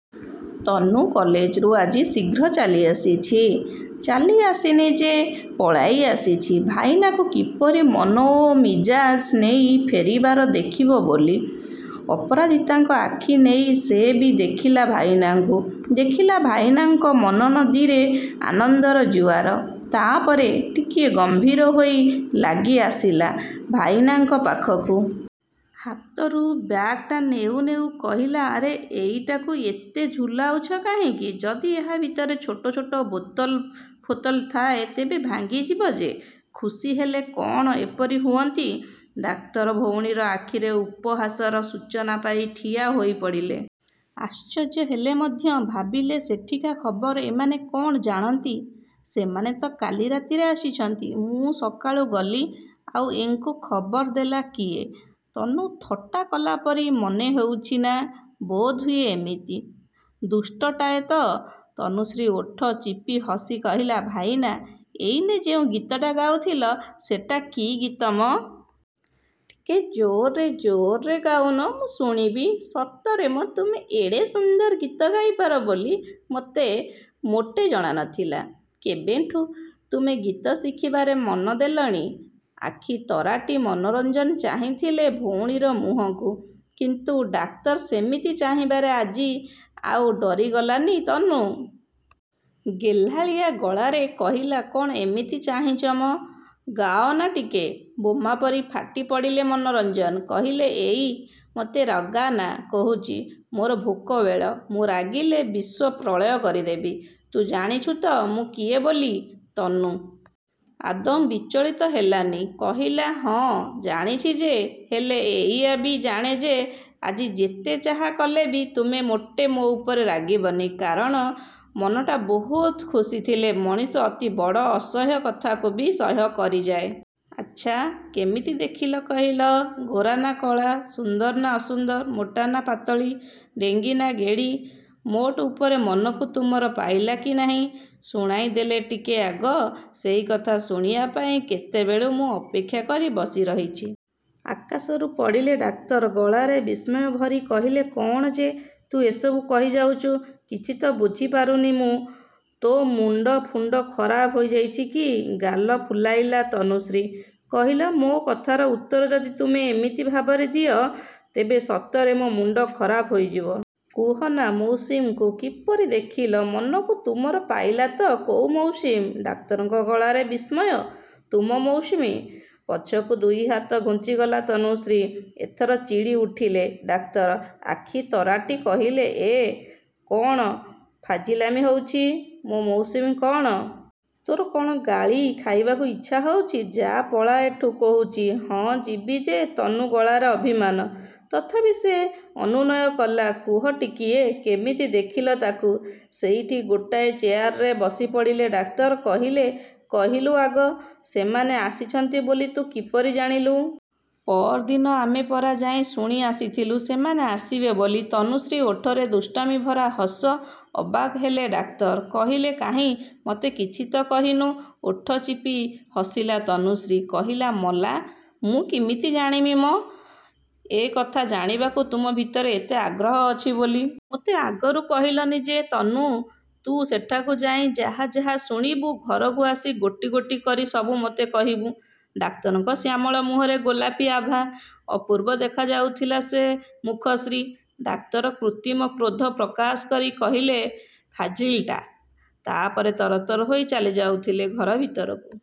: ତନୁ କଲେଜରୁ ଆଜି ଶୀଘ୍ର ଚାଲିଆସିଛି। ଚାଲି ଆସିନି ଯେ, ପଳାଇ ଆସିଛି ଭାଇନାକୁ କିପରି ମନ ଓ ମିଜାଜ ନେଇ ଫେରିବାର ଦେଖିବ ବୋଲି। ଅପରାଜିତାଙ୍କ ଆଖି ନେଇ ସେ ବି ଦେଖିଲା ଭାଇନାଙ୍କୁ। ଦେଖିଲା ଭାଇନାଙ୍କ ମନନଦୀରେ ଆନନ୍ଦର ଜୁଆର। ତାପରେ, ଟିକିଏ ଗମ୍ଭୀର ହୋଇ ଲାଗିଆସିଲା ଭାଇନାଙ୍କ ପାଖକୁ। ହାତରୁ ବ୍ୟାଗଟା ନେଉ ନେଉ କହିଲା ଆରେ ଏଇଟାକୁ ଏତେ ଝୁଲାଉଛ କାହିଁକି? ଯଦି ଏହା ଭିତରେ ଛୋଟ ଛୋଟ ବୋତଲ ଫୋତଲ ଥାଏ, ତେବେ ଭାଙ୍ଗିଯିବ ଯେ। ଖୁସି ହେଲେ କ'ଣ ଏପରି ହୁଅନ୍ତି? ଡାକ୍ତର ଭଉଣୀର ଆଖିରେ ଉପହାସର ସୂଚନା ପାଇ ଠିଆ ହୋଇପଡ଼ିଲେ। ଆଶ୍ଚର୍ଯ୍ୟ ହେଲେ ମଧ୍ୟ। ଭାବିଲେ ସେଠିକା ଖବର ଏମାନେ କ'ଣ ଜାଣନ୍ତି! ସେମାନେ ତ କାଲି ରାତିରେ ଆସିଛନ୍ତି। ମୁଁ ସକାଳୁ ଗଲି, ଆଉ ଏଙ୍କୁ ଖବର ଦେଲା କିଏ! ତନୁ ଥଟ୍ଟା କଲା ପରି ମନେହେଉଛି ନା, ବୋଧହୁଏ ଏମିତି। ଦୁଷ୍ଟଟାଏ ତ! ତନୁଶ୍ରୀ ଓଠ ଚିପି ହସି କହିଲା ଭାଇନା, ଏଇନେ ଯେଉଁ ଗୀତଟା ଗାଉଥିଲ, ସେଟା କି ଗୀତ ମ? ଟିକେ ଜୋରରେ ଜୋରରେ ଗାଉନ। ମୁଁ ଶୁଣିବି। ସତରେ ମ ତୁମେ ଏଡ଼େ ସୁନ୍ଦର ଗୀତ ଗାଇପାର ବୋଲି ମୋତେ ମୋଟେ ଜଣାନଥିଲା। କେବେଠୁଁ ତୁମେ ଗୀତ ଶିଖିବାରେ ମନଦେଲଣି? ଆଖି ତରାଟି ମନୋରଞ୍ଜନ ଚାହିଁଥିଲେ ଭଉଣୀର ମୁହଁକୁ। କିନ୍ତୁ ଡାକ୍ତର ସେମିତି ଚାହିଁବାରେ ଆଜି ଆଉ ଡରିଗଲାନି ତନୁ। ଗେହ୍ଲାଳିଆ ଗଳାରେ କହିଲା କ'ଣ ଏମିତି ଚାହିଁଛ ମ? ଗାଅନା ଟିକେ। ବୋମା ପରି ଫାଟି ପଡ଼ିଲେ ମନୋରଞ୍ଜନ। କହିଲେ"ଏଇ, ମୋତେ ରଗାନା କହୁଛି। ମୋର ଭୋକ ବେଳ, ମୁଁ ରାଗିଲେ ବିଶ୍ୱ ପ୍ରଳୟ କରିଦେବି। ତୁ ଜାଣିଛୁ ତ ମୁଁ କିଏ ବୋଲି? ତନୁ ଆଦୌ ବିଚଳିତ ହେଲାନି। କହିଲା ହଁ, ଜାଣିଛି ଯେ, ହେଲେ ଏଇଆ ବି ଜାଣେ ଯେ ଆଜି ଯେତେ ଯାହା କଲେବି ତୁମେ ମୋଟେ ମୋ ଉପରେ ରାଗିବନି। କାରଣ, ମନଟା ବହୁତ ଖୁସିଥିଲେ ମଣିଷ ଅତି ବଡ଼ ଅସହ୍ୟ କଥାକୁ ବି ସହ୍ୟ କରିଯାଏ। ଆଚ୍ଛା, କେମିତି ଦେଖିଲ କହିଲ? ଗୋରା ନା କଳା, ସୁନ୍ଦର ନା ଅସୁନ୍ଦର, ମୋଟା ନା ପାତଳୀ, ଡେଙ୍ଗୀ ନା ଗେଡ଼ୀ? ମୋଟ ଉପରେ ମନକୁ ତୁମର ପାଇଲା କି ନାହିଁ, ଶୁଣାଇଦେଲ ଟିକେ ଆଗ। ସେହି କଥା ଶୁଣିବା ପାଇଁ କେତେବେଳୁ ମୁଁ ଅପେକ୍ଷା କରି ବସି ରହିଛି। ଆକାଶରୁ ପଡ଼ିଲେ ଡାକ୍ତର। ଗଳାରେ ବିସ୍ମୟ ଭରି କହିଲେ କ'ଣ ଯେ ତୁ ଏସବୁ କହିଯାଉଛୁ, କିଛି ତ ବୁଝିପାରୁନି ମୁଁ। ତୋ ମୁଣ୍ଡ ଫୁଣ୍ଡ ଖରାପ ହୋଇଯାଇଛି କି? ଗାଲ ଫୁଲାଇଲା ତନୁଶ୍ରୀ। କହିଲା ମୋ କଥାର ଉତ୍ତର ଯଦି ତୁମେ ଏମିତି ଭାବରେ ଦିଅ, ତେବେ ସତରେ ମୋ ମୁଣ୍ଡ ଖରାପ ହୋଇଯିବ। କୁହନା, ମୌସୁମୀକୁ କିପରି ଦେଖିଲ? ମନକୁ ତୁମର ପାଇଲା ତ କୋଉ ମୌସୁମୀ? ଡାକ୍ତରଙ୍କ ଗଳାରେ ବିସ୍ମୟ। ତୁମ ମୌସୁମୀ। ପଛକୁ ଦୁଇହାତ ଘୁଞ୍ଚିଗଲା ତନୁଶ୍ରୀ। ଏଥର ଚିଡ଼ି ଉଠିଲେ ଡାକ୍ତର। ଆଖି ତରାଟି କହିଲେ ଏ, କ'ଣ ଫାଜିଲାମି ହଉଛି? ମୋ ମୌସୁମୀ କ'ଣ? ତୋର କ'ଣ ଗାଳି ଖାଇବାକୁ ଇଚ୍ଛା ହଉଛି? ଯା, ପଳା ଏଠୁ କହୁଛି। ହଁ ଯିବି ଯେ ତନୁ ଗଳାରେ ଅଭିମାନ। ତଥାପି ସେ ଅନୁନୟ କଲା, କୁହ ଟିକିଏ, କେମିତି ଦେଖିଲ ତାକୁ। ସେଇଠି ଗୋଟାଏ ଚେୟାରରେ ବସିପଡ଼ିଲେ ଡାକ୍ତର। କହିଲେ, କହିଲୁ ଆଗ, ସେମାନେ ଆସିଛନ୍ତି ବୋଲି ତୁ କିପରି ଜାଣିଲୁ? ପଅରଦିନ ଆମେ ପରା ଯାଇ ଶୁଣି ଆସିଥିଲୁ ସେମାନେ ଆସିବେ ବୋଲି। ତନୁଶ୍ରୀ ଓଠରେ ଦୁଷ୍ଟାମି ଭରା ହସ। ଅବାକ ହେଲେ ଡାକ୍ତର। କହିଲେ କାହିଁ, ମୋତେ କିଛି ତ କହିନୁ? ଓଠ ଚିପି ହସିଲା ତନୁଶ୍ରୀ। କହିଲା ମଲା, ମୁଁ କିମିତି ଜାଣିବି ମ, ଏକଥା ଜାଣିବାକୁ ତୁମ ଭିତରେ ଏତେ ଆଗ୍ରହ ଅଛି ବୋଲି! ମୋତେ ଆଗରୁ କହିଲନି ଯେ 'ତନୁ, ତୁ ସେଠାକୁ ଯାଇ ଯାହା ଯାହା ଶୁଣିବୁ, ଘରକୁ ଆସି ଗୋଟି ଗୋଟି କରି ସବୁ ମୋତେ କହିବୁ। ଡାକ୍ତରଙ୍କ ଶ୍ୟାମଳ ମୁହଁରେ ଗୋଲାପି ଆଭା। ଅପୂର୍ବ ଦେଖାଯାଉଥିଲା ସେ ମୁଖଶ୍ରୀ। ଡାକ୍ତର କୃତ୍ରିମ କ୍ରୋଧ ପ୍ରକାଶ କରି କହିଲେ ଫାଜିଲ୍ଟା। ତା'ପରେ ତରତର ହୋଇ ଚାଲିଯାଉଥିଲେ ଘର ଭିତରକୁ।